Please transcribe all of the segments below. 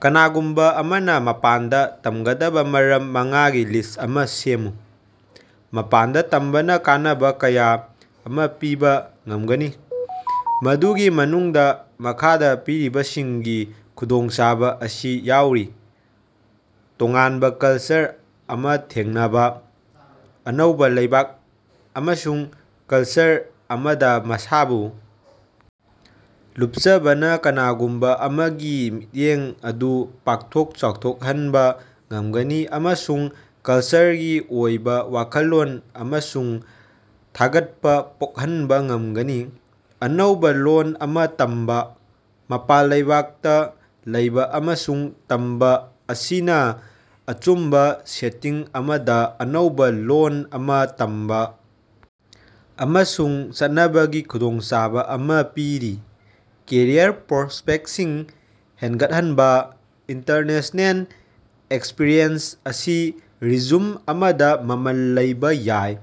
ꯀꯅꯥꯒꯨꯝꯕ ꯑꯃꯅ ꯃꯄꯥꯟꯗ ꯇꯝꯒꯗꯕ ꯃꯔꯝ ꯃꯉꯥꯒꯤ ꯂꯤꯁ ꯑꯃꯥ ꯁꯦꯝꯃꯨ꯫ ꯃꯄꯥꯟꯗ ꯇꯝꯕꯅ ꯀꯥꯟꯅꯕ ꯀꯌꯥ ꯑꯃ ꯄꯤꯕ ꯉꯝꯒꯅꯤ, ꯃꯗꯨꯒꯤ ꯃꯅꯨꯡꯗ ꯃꯈꯥꯗ ꯄꯤꯔꯤꯕꯁꯤꯡꯒꯤ ꯈꯨꯗꯣꯡꯆꯥꯕ ꯑꯁꯤ ꯌꯥꯎꯔꯤ: ꯇꯣꯉꯥꯟꯕ ꯀꯜꯆꯔ ꯑꯃ ꯊꯦꯡꯅꯕ, ꯑꯅꯧꯕ ꯂꯩꯕꯥꯛ ꯑꯃꯁꯨꯡ ꯀꯜꯆꯔ ꯑꯃꯗ ꯃꯁꯥꯕꯨ ꯂꯨꯞꯆꯕꯅ ꯀꯅꯥꯒꯨꯝꯕ ꯑꯃꯒꯤ ꯃꯤꯠꯌꯦꯡ ꯑꯗꯨ ꯄꯥꯛꯊꯣꯛ ꯆꯥꯎꯊꯣꯛꯍꯟꯕ ꯉꯝꯒꯅꯤ ꯑꯃꯁꯨꯡ ꯀꯜꯆꯔꯒꯤ ꯑꯣꯏꯕ ꯋꯥꯈꯜꯂꯣꯟ ꯑꯃꯁꯨꯡ ꯊꯥꯒꯠꯄ ꯄꯣꯛꯍꯟꯕ ꯉꯝꯒꯅꯤ꯫ ꯑꯅꯧꯕ‌ ꯂꯣꯜ ꯑꯃ ꯇꯝꯕ, ꯃꯄꯥꯟ ꯂꯩꯕꯥꯛꯇ ꯂꯩꯕ ꯑꯃꯁꯨꯡ ꯇꯝꯕ ꯑꯁꯤꯅ ꯑꯆꯨꯝꯕ‌ ꯁꯦꯇꯤꯡ ꯑꯃꯗ‌ ꯑꯅꯧꯕ ꯂꯣꯜ ꯑꯃ ꯇꯝꯕ ꯑꯃꯁꯨꯡ ꯆꯠꯅꯕꯒꯤ ꯈꯨꯗꯣꯡꯆꯥꯕ ꯑꯃ ꯄꯤꯔꯤ꯫ ꯀꯦꯔꯤꯌꯔ ꯄ꯭ꯔꯣꯁꯄꯦꯛꯁꯤꯡ ꯍꯦꯟꯒꯠꯍꯟꯕ: ꯏꯟꯇꯔꯅꯦꯁꯅꯦꯜ ꯑꯦꯛꯁꯄꯤꯔꯤꯌꯦꯟꯁ ꯑꯁꯤ ꯔꯤꯖ꯭ꯌꯨꯝ ꯑꯃꯗ ꯃꯃꯜ ꯂꯩꯕ ꯌꯥꯏ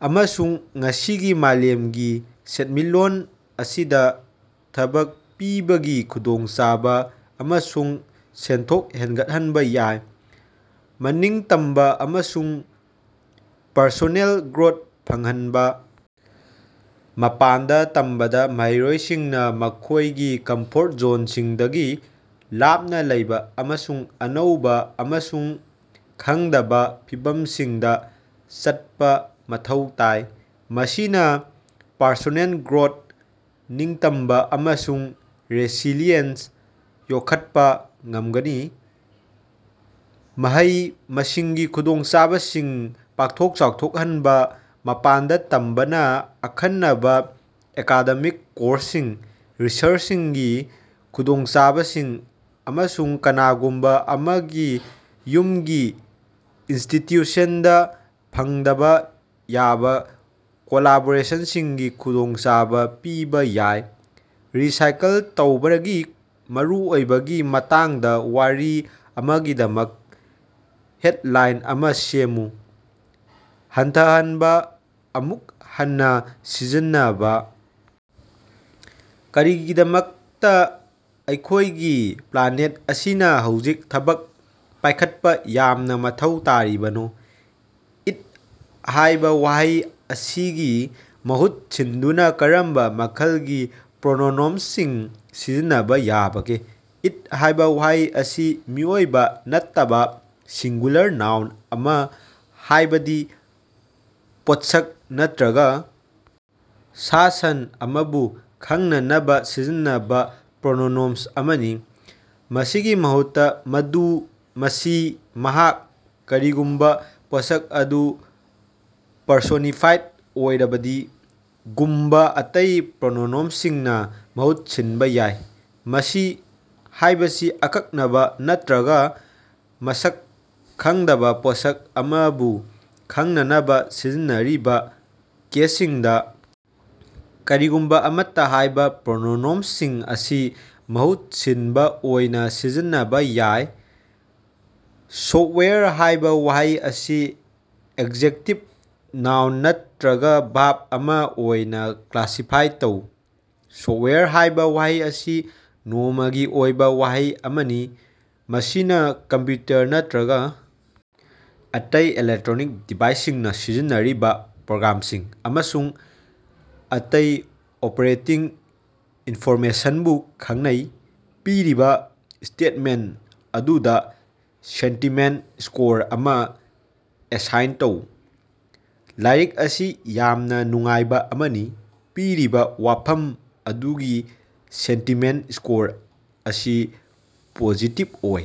ꯑꯃꯁꯨꯡ ꯉꯁꯤꯒꯤ ꯃꯥꯂꯦꯝꯒꯤ ꯁꯦꯟꯃꯤꯠꯂꯣꯟ ꯑꯁꯤꯗ ꯊꯕꯛ ꯄꯤꯕꯒꯤ ꯈꯨꯗꯣꯡꯆꯥꯕ ꯑꯃꯁꯨꯡ ꯁꯦꯟꯊꯣꯛ ꯍꯦꯟꯒꯠꯍꯟꯕ ꯌꯥꯏ꯫ ꯃꯅꯤꯡꯇꯝꯕ ꯑꯃꯁꯨꯡ ꯄꯔꯁꯣꯅꯦꯜ ꯒ꯭ꯔꯣꯊ ꯐꯪꯍꯟꯕ: ꯃꯄꯥꯟꯗ ꯇꯝꯕꯗꯥ ꯃꯍꯩꯔꯣꯏꯁꯤꯡꯅ ꯃꯈꯣꯏꯒꯤ ꯀꯝꯐꯣꯔꯠ ꯖꯣꯟꯁꯤꯡꯗꯒꯤ ꯂꯥꯞꯅ ꯂꯩꯕ ꯑꯃꯁꯨꯡ ꯑꯅꯧꯕ ꯑꯃꯁꯨꯡ ꯈꯪꯗꯕ ꯐꯤꯚꯝꯁꯤꯡꯗ ꯆꯠꯄ‌ ꯃꯊꯧ ꯇꯥꯏ, ꯃꯁꯤꯅ ꯄꯔꯁꯣꯅꯦꯜ ꯒ꯭ꯔꯣꯊ, ꯅꯤꯡꯇꯝꯕ ꯑꯃꯁꯨꯡ ꯔꯦꯁꯤꯂꯤꯌꯦꯟꯁ ꯌꯣꯛꯈꯠꯄ ꯉꯝꯒꯅꯤ꯫ ꯃꯍꯩ-ꯃꯁꯤꯡꯒꯤ ꯈꯨꯗꯣꯡꯆꯥꯕꯁꯤꯡ ꯄꯥꯛꯊꯣꯛ ꯆꯥꯎꯊꯣꯛꯍꯟꯕ: ꯃꯄꯥꯟꯗ ꯇꯝꯕꯅ ꯑꯈꯟꯅꯕ ꯑꯦꯀꯥꯗꯦꯃꯤꯛ ꯀꯣꯔ꯭ꯁꯁꯤꯡ, ꯔꯤꯁꯔꯆꯀꯤ ꯈꯨꯗꯣꯡꯆꯥꯕꯁꯤꯡ, ꯑꯃꯁꯨꯡ ꯀꯅꯥꯒꯨꯝꯕ ꯑꯃꯒꯤ ꯌꯨꯝꯒꯤ ꯏꯟꯁꯇꯤꯇ꯭ꯌꯨꯁꯟꯗ ꯐꯪꯗꯕ ꯌꯥꯕ ꯀꯣꯂꯥꯕꯣꯔꯦꯁꯟꯁꯤꯡꯒꯤ ꯈꯨꯗꯣꯡꯆꯥꯕ ꯄꯤꯕ ꯌꯥꯏ꯫ ꯔꯤꯁꯥꯏꯀꯜ ꯇꯧꯕꯒꯤ ꯃꯔꯨꯑꯣꯏꯕꯒꯤ ꯃꯇꯥꯡꯗꯥ ꯋꯥꯔꯤ ꯑꯃꯒꯤꯗꯃꯛ ꯍꯦꯗꯂꯥꯏꯟ ꯑꯃꯥ ꯁꯦꯝꯃꯨ꯫ "ꯍꯟꯊꯍꯟꯕ, ꯑꯃꯨꯛ ꯍꯟꯅꯥ ꯁꯤꯖꯤꯟꯅꯕ! ꯀꯔꯤꯒꯤꯗꯃꯛꯇ ꯑꯩꯈꯣꯏꯒꯤ ꯄ꯭ꯂꯥꯅꯦꯠ ꯑꯁꯤꯅ ꯍꯧꯖꯤꯛ ꯊꯕꯛ ꯄꯥꯏꯈꯠꯄ ꯌꯥꯝꯅ ꯃꯊꯧ ꯇꯥꯔꯤꯕꯅꯣ?" 'ꯏꯠ' ꯍꯥꯏꯕꯥ ꯋꯥꯍꯩ ꯑꯁꯤꯒꯤ ꯃꯍꯨꯠ ꯁꯤꯟꯗꯨꯅ ꯀꯔꯝꯕ ꯃꯈꯜꯒꯤ ꯄ꯭ꯔꯣꯅꯣꯅꯣꯝꯁꯤꯡ ꯁꯤꯖꯤꯟꯅꯕ ꯌꯥꯕꯒꯦ? "ꯏꯠ" ꯍꯥꯏꯕꯥ ꯋꯥꯍꯩ ꯑꯁꯤ ꯃꯤꯑꯣꯏꯕ ꯅꯠꯇꯕꯥ ꯁꯤꯡꯒ꯭ꯌꯨꯂꯔ ꯅꯥꯎꯟ ꯑꯃ ꯍꯥꯏꯕꯗꯤ ꯄꯣꯠꯁꯛ ꯅꯠꯇ꯭ꯔꯒ ꯁꯥ-ꯁꯟ ꯑꯃꯕꯨ ꯈꯪꯅꯅꯕ ꯁꯤꯖꯤꯟꯅꯕꯥ ꯄ꯭ꯔꯣꯅꯣꯅꯣꯝ ꯑꯃꯅꯤ꯫ ꯃꯁꯤꯒꯤ ꯃꯍꯨꯠꯇꯥ "ꯃꯗꯨ", "ꯃꯁꯤ", "ꯃꯍꯥꯛ" (ꯀꯔꯤꯒꯨꯝꯕꯥ ꯄꯣꯠꯁꯛ ꯑꯗꯨ ꯄꯔꯁꯣꯅꯤꯐꯥꯏꯗ ꯑꯣꯏꯔꯕꯗꯤ) ꯒꯨꯝꯕꯥ ꯑꯇꯩ ꯄ꯭ꯔꯣꯅꯣꯅꯣꯝꯁꯤꯡꯅ ꯃꯍꯨꯠ ꯁꯤꯟꯕꯥ ꯌꯥꯏ꯫ "ꯃꯁꯤ" ꯍꯥꯏꯕꯁꯤ ꯑꯀꯛꯅꯕ ꯅꯠꯇ꯭ꯔꯒ ꯃꯁꯛ ꯈꯪꯗꯕ ꯄꯣꯠꯁꯛ ꯑꯃꯕꯨ ꯈꯪꯅꯅꯕ ꯁꯤꯖꯤꯟꯅꯔꯤꯕ ꯀꯦꯁꯁꯤꯡꯗ, "ꯀꯔꯤꯒꯨꯝꯕ ꯑꯃꯠꯇ" ꯍꯥꯏꯕ ꯄ꯭ꯔꯣꯅꯣꯅꯣꯝꯁꯤꯡ ꯑꯁꯤ ꯃꯍꯨꯠ ꯁꯤꯟꯕ ꯑꯣꯏꯅ ꯁꯤꯖꯤꯟꯅꯕ ꯌꯥꯏ꯫ "ꯁꯣꯐꯋꯦꯌꯔ" ꯍꯥꯏꯕ ꯋꯥꯍꯩ ꯑꯁꯤ ꯑꯦꯛꯖꯦꯛꯇꯤꯚ, ꯅꯥꯎꯟ ꯅꯠꯇ꯭ꯔꯒ ꯚꯔꯕ ꯑꯃꯥ ꯑꯣꯏꯅ ꯀ꯭ꯂꯥꯁꯤꯐꯥꯏ ꯇꯧ꯫ "ꯁꯣꯐꯋꯦꯌꯔ" ꯍꯥꯏꯕ ꯋꯥꯍꯩ ꯑꯁꯤ ꯅꯣꯡꯃꯒꯤ ꯑꯣꯏꯕ ꯋꯥꯍꯩ ꯑꯃꯅꯤ꯫ ꯃꯁꯤꯅ ꯀꯝꯄ꯭ꯌꯨꯇꯔ ꯅꯠꯇ꯭ꯔꯒ ꯑꯇꯩ ꯏꯂꯦꯛꯇ꯭ꯔꯣꯅꯤꯛ ꯗꯤꯚꯥꯏꯁꯁꯤꯡꯅ ꯁꯤꯖꯤꯟꯅꯔꯤꯕ ꯄ꯭ꯔꯣꯒ꯭ꯔꯥꯝꯁꯤꯡ ꯑꯃꯁꯨꯡ ꯑꯇꯩ ꯑꯣꯄꯔꯦꯇꯤꯡ ꯏꯟꯐꯣꯔꯃꯦꯁꯟꯕꯨ ꯈꯪꯅꯩ꯫ ꯄꯤꯔꯤꯕ ꯁ꯭ꯇꯦꯠꯃꯦꯟ ꯑꯗꯨꯗ ꯁꯦꯟꯇꯤꯃꯦꯟꯇ ꯁ꯭ꯀꯣꯔ ꯑꯃ ꯑꯦꯁꯥꯏꯟ ꯇꯧ꯫ ꯂꯥꯏꯔꯤꯛ ꯑꯁꯤ ꯌꯥꯝꯅ ꯅꯨꯡꯉꯥꯏꯕ ꯑꯃꯅꯤ꯫ ꯄꯤꯔꯤꯕꯥ ꯋꯥꯐꯝ ꯑꯗꯨꯒꯤ ꯁꯦꯟꯇꯤꯃꯦꯟ ꯁ꯭ꯀꯣꯔ ꯑꯁꯤ ꯄꯣꯖꯤꯇꯤꯕ ꯑꯣꯏ꯫